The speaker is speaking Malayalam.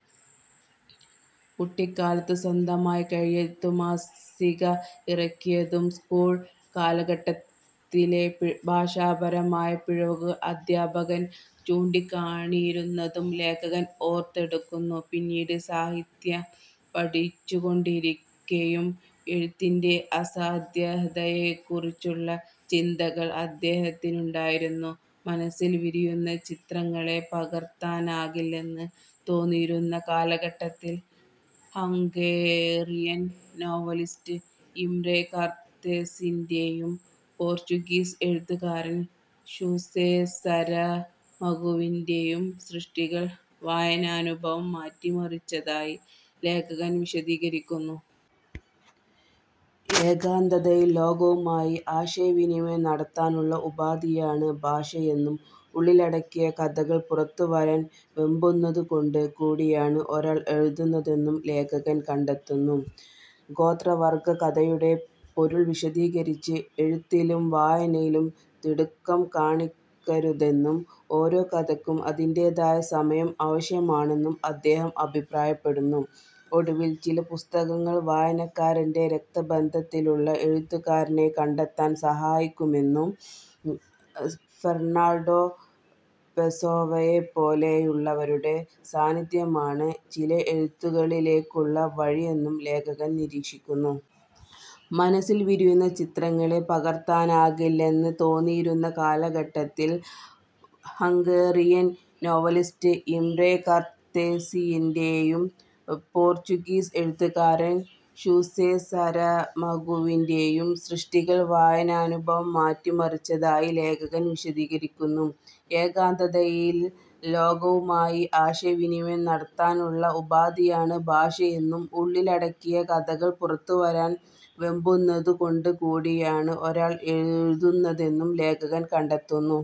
കുട്ടിക്കാലത്ത് സ്വന്തമായി കയ്യെഴുത്തുമാസിക ഇറക്കിയതും, സ്കൂൾ കാലഘട്ടത്തിലെ ഭാഷാപരമായ പിഴവുകൾ അധ്യാപകൻ ചൂണ്ടിക്കാണിയിരുന്നതും ലേഖകൻ ഓർത്തെടുക്കുന്നു. പിന്നീട് സാഹിത്യം പഠിച്ചുകൊണ്ടിരിക്കെയും എഴുത്തിന്റെ അസാധ്യതയെക്കുറിച്ചുള്ള ചിന്തകൾ അദ്ദേഹത്തിനുണ്ടായിരുന്നു. മനസ്സിൽ വിരിയുന്ന ചിത്രങ്ങളെ പകർത്താനാകില്ലെന്ന് തോന്നിയിരുന്ന കാലഘട്ടത്തിൽ, ഹംഗേറിയൻ നോവലിസ്റ്റ് ഇംറെ കർത്തെസിന്റെയും പോർച്ചുഗീസ് എഴുത്തുകാരൻ ഷുസെ സരമഗുവിന്റെയും സൃഷ്ടികൾ വായനാനുഭവം മാറ്റിമറിച്ചതായി ലേഖകൻ വിശദീകരിക്കുന്നു. ഏകാന്തതയിൽ ലോകവുമായി ആശയവിനിമയം നടത്താനുള്ള ഉപാധിയാണ് ഭാഷയെന്നും, ഉള്ളിലടക്കിയ കഥകൾ പുറത്തുവരാൻ വെമ്പുന്നതു കൊണ്ടു കൂടിയാണ് ഒരാൾ എഴുതുന്നതെന്നും ലേഖകൻ കണ്ടെത്തുന്നു. ഗോത്രവർഗ്ഗ കഥയുടെ പൊരുൾ വിശദീകരിച്ച്, എഴുത്തിലും വായനയിലും തിടുക്കം കാണിക്കരുതെന്നും, ഓരോ കഥയ്ക്കും അതിന്റേതായ സമയം ആവശ്യമാണെന്നും അദ്ദേഹം അഭിപ്രായപ്പെടുന്നു. ഒടുവിൽ, ചില പുസ്തകങ്ങൾ വായനക്കാരന്റെ രക്തബന്ധത്തിലുള്ള എഴുത്തുകാരനെ കണ്ടെത്താൻ സഹായിക്കുമെന്നും, ഫെർണാൻഡോ പെസോവയെപ്പോലെയുള്ളവരുടെ സാന്നിധ്യമാണ് ചില എഴുത്തുകളിലേക്കുള്ള വഴിയെന്നും ലേഖകൻ നിരീക്ഷിക്കുന്നു. മനസ്സിൽ വിരിയുന്ന ചിത്രങ്ങളെ പകർത്താനാകില്ലെന്ന് തോന്നിയിരുന്ന കാലഘട്ടത്തിൽ, ഹംഗേറിയൻ നോവലിസ്റ്റ് ഇംറെ കർത്തെസിന്റെയും പോർച്ചുഗീസ് എഴുത്തുകാരൻ ഷുസെ സരമഗുവിന്റെയും സൃഷ്ടികൾ വായനാനുഭവം മാറ്റിമറിച്ചതായി ലേഖകൻ വിശദീകരിക്കുന്നു. ഏകാന്തതയിൽ ലോകവുമായി ആശയവിനിമയം നടത്താനുള്ള ഉപാധിയാണ് ഭാഷയെന്നും, ഉള്ളിലടക്കിയ കഥകൾ പുറത്തുവരാൻ വെമ്പുന്നതു കൊണ്ടു കൂടിയാണ് ഒരാൾ എഴുതുന്നതെന്നും ലേഖകൻ കണ്ടെത്തുന്നു.